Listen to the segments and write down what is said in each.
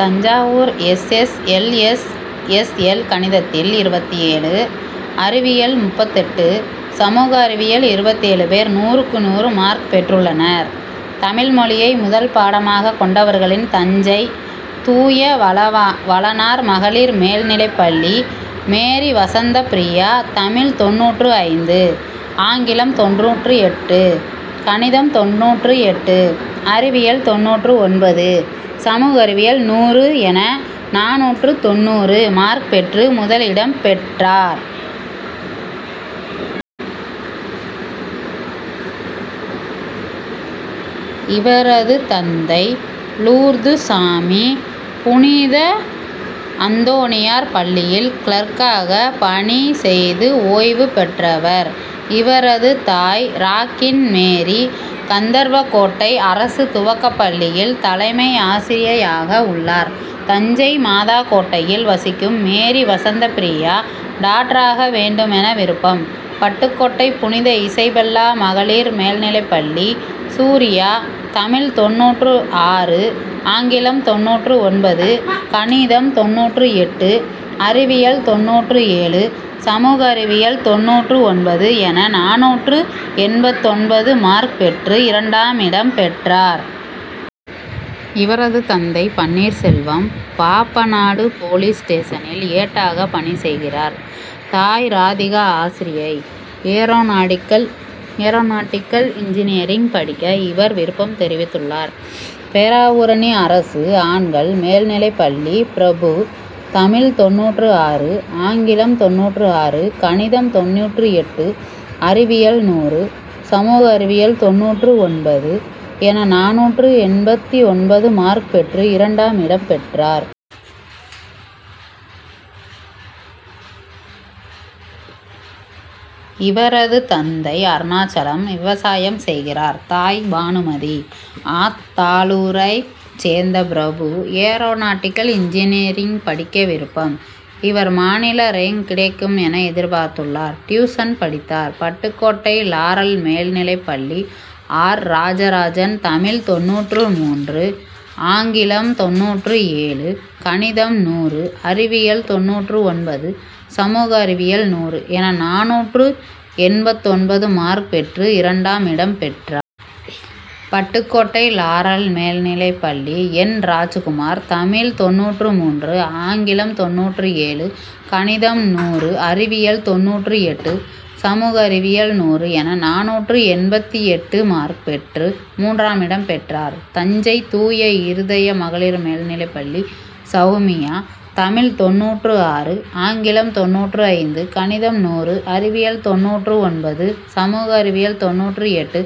Thanjavur: S. S. L. S. S. L. கணிதத்தில் இருபத்தேழு, அறிவியல் முப்பத்தெட்டு, சமூக அறிவியல் இருபத்தேழு பேர் நூறுக்கு நூறு மார்க் பெற்றுள்ளனர். தமிழ் மொழியை முதல் பாடமாக கொண்டவர்களின், தஞ்சை தூயவளனார் மகளிர் மேல்நிலைப்பள்ளி மேரிவசந்தப்பிரியா தமிழ் தொண்ணூற்று ஐந்து, ஆங்கிலம் தொண்ணூற்று எட்டு, கணிதம் தொண்ணூற்று எட்டு, அறிவியல் தொண்ணூற்று ஒன்பது, சமூக அறிவியல் நூறு என நானூற்று தொண்ணூறு மார்க் பெற்று முதலிடம் பெற்றார். இவரது தந்தை லூர்துசாமி புனித அந்தோணியார் பள்ளியில் கிளர்க்காக பணி செய்து ஓய்வு பெற்றவர். இவரது தாய் ராக்கின்மேரி கந்தர்வக்கோட்டை அரசு துவக்கப்பள்ளியில் தலைமை ஆசிரியையாக உள்ளார். தஞ்சை மாதாக்கோட்டையில் வசிக்கும் மேரிவசந்தப்பிரியா டாக்டராக வேண்டுமென விருப்பம். பட்டுக்கோட்டை புனித இசபெல்லா மகளிர் மேல்நிலைப்பள்ளி சூரியா தமிழ் தொண்ணூற்று ஆறு, ஆங்கிலம் தொண்ணூற்று ஒன்பது, கணிதம் தொண்ணூற்று எட்டு, அறிவியல் தொண்ணூற்று ஏழு, சமூக அறிவியல் தொண்ணூற்று ஒன்பது என நானூற்று எண்பத்தொன்பது மார்க் பெற்று இரண்டாமிடம் பெற்றார். இவரது தந்தை பன்னீர்செல்வம் பாப்பநாடு போலீஸ் ஸ்டேஷனில் ஏட்டாக பணி செய்கிறார். தாய் ராதிகா ஆசிரியை. ஏரோநாடிக்கல் இன்ஜினியரிங் படிக்க இவர் விருப்பம் தெரிவித்துள்ளார். பேராவூரணி அரசு ஆண்கள் மேல்நிலைப்பள்ளி பிரபு தமிழ் தொண்ணூற்று ஆறு, ஆங்கிலம் தொண்ணூற்று ஆறு, கணிதம் தொண்ணூற்று எட்டு, அறிவியல் நூறு, சமூக அறிவியல் தொண்ணூற்று ஒன்பது என நானூற்று எண்பத்தொன்பது மார்க் பெற்று இரண்டாமிடம் பெற்றார். இவரது தந்தை அருணாசலம் விவசாயம் செய்கிறார். தாய் பானுமதி. ஆத்தாளூரைச் சேர்ந்த பிரபு ஏரோநாடிக்கல் இன்ஜினியரிங் படிக்க விருப்பம். இவர் மாநில ரேங்க் கிடைக்கும் என எதிர்பார்த்துள்ளார். டியூஷன் படித்தார். ப ட்டுக்கோட்டை லாரல் மேல்நிலைப்பள்ளி ஆர். ராஜராஜன் தமிழ் தொண்ணூற்று மூன்று, ஆங்கிலம் தொண்ணூற்று ஏழு, கணிதம் நூறு, அறிவியல் தொண்ணூற்று ஒன்பது, சமூக அறிவியல் நூறு என நானூற்று எண்பத்தொன்பது மார்க் பெற்று இரண்டாமிடம் பெற்றார். பட்டுக்கோட்டை லாரல் மேல்நிலைப்பள்ளி என். ராஜ்குமார் தமிழ் தொண்ணூற்று மூன்று, ஆங்கிலம் தொண்ணூற்று ஏழு, கணிதம் நூறு, அறிவியல் தொண்ணூற்று எட்டு, சமூக அறிவியல் நூறு என நானூற்று எண்பத்தெட்டு மார்க் பெற்று மூன்றாமிடம் பெற்றார். தஞ்சை தூய இருதய மகளிர் மேல்நிலைப்பள்ளி சௌமியா தமிழ் தொண்ணூற்று ஆறு, ஆங்கிலம் தொண்ணூற்று ஐந்து, கணிதம் நூறு, அறிவியல் தொண்ணூற்று ஒன்பது, சமூக அறிவியல் தொண்ணூற்று எட்டு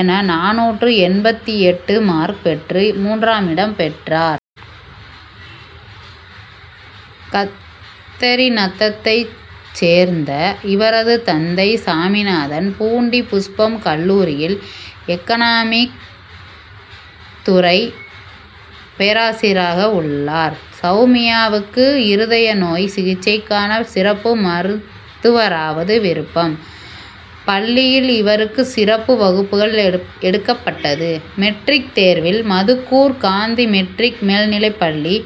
என நானூற்று எண்பத்தெட்டு மார்க் பெற்று மூன்றாமிடம் பெற்றார். கத்தரிநத்தத்தை சேர்ந்த இவரது தந்தை சாமிநாதன் பூண்டி புஷ்பம் கல்லூரியில் எக்கனாமிக் துறை பேராசிரியராக உள்ளார். சௌமியாவுக்கு இருதய நோய் சிகிச்சைக்கான சிறப்பு மருத்துவராவது விருப்பம். பள்ளியில் இவருக்கு சிறப்பு வகுப்புகள் எடுக்கப்பட்டது. மெட்ரிக் தேர்வில் மதுக்கூர் காந்தி மெட்ரிக் மேல்நிலைப்பள்ளி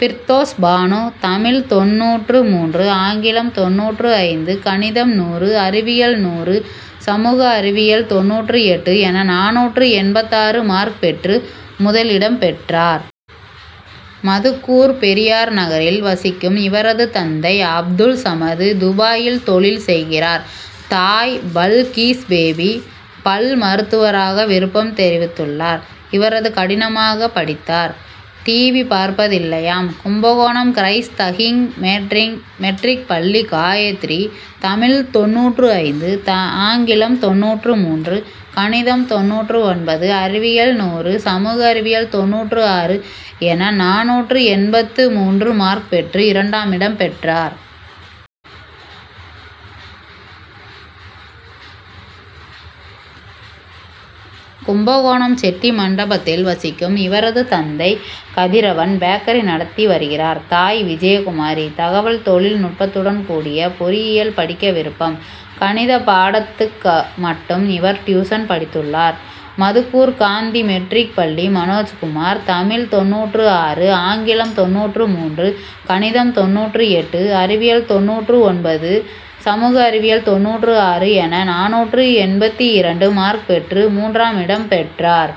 பிர்தோஸ்பானு தமிழ் தொண்ணூற்று மூன்று, ஆங்கிலம் தொண்ணூற்று ஐந்து, கணிதம் நூறு, அறிவியல் நூறு, சமூக அறிவியல் தொண்ணூற்று எட்டு என நானூற்று எண்பத்தாறு மார்க் பெற்று முதலிடம் பெற்றார். மதுக்கூர் பெரியார் நகரில் வசிக்கும் இவரது தந்தை அப்துல்சமது துபாயில் தொழில் செய்கிறார். தாய் பல்கீஸ்பேபி. பல் மருத்துவராக விருப்பம் தெரிவித்துள்ளார். இவர் கடினமாக படித்தார். டிவி பார்ப்பதில்லையாம். Kumbakonam Christ the king matric பள்ளி காயத்ரி தமிழ் தொண்ணூற்று ஐந்து, ஆங்கிலம் தொண்ணூற்று மூன்று, கணிதம் தொண்ணூற்று ஒன்பது, அறிவியல் நூறு, சமூக அறிவியல் தொண்ணூற்று ஆறு என நானூற்று எண்பத்து மூன்று மார்க் பெற்று இரண்டாமிடம் பெற்றார். கும்பகோணம் செட்டிமண்டபத்தில் வசிக்கும் இவரது தந்தை கதிரவன் பேக்கரி நடத்தி வருகிறார். தாய் விஜயகுமாரி. தகவல் தொழில் நுட்பத்துடன் கூடிய பொறியியல் படிக்க விருப்பம். கணித பாடத்துக்கு மட்டும் இவர் டியூஷன் படித்துள்ளார். மதுக்கூர் காந்தி மெட்ரிக் பள்ளி மனோஜ்குமார் தமிழ் தொண்ணூற்று ஆறு, ஆங்கிலம் தொண்ணூற்று மூன்று, கணிதம் தொண்ணூற்று எட்டு, அறிவியல் தொண்ணூற்று ஒன்பது, சமூக அறிவியல் தொண்ணூற்று ஆறு என நானூற்று எண்பத்திரண்டு மார்க் பெற்று மூன்றாமிடம் பெற்றார்.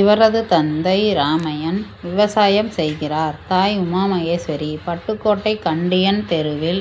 இவரது தந்தை ராமையன் விவசாயம் செய்கிறார். தாய் உமாமகேஸ்வரி. பட்டுக்கோட்டை கண்டியன் தெருவில்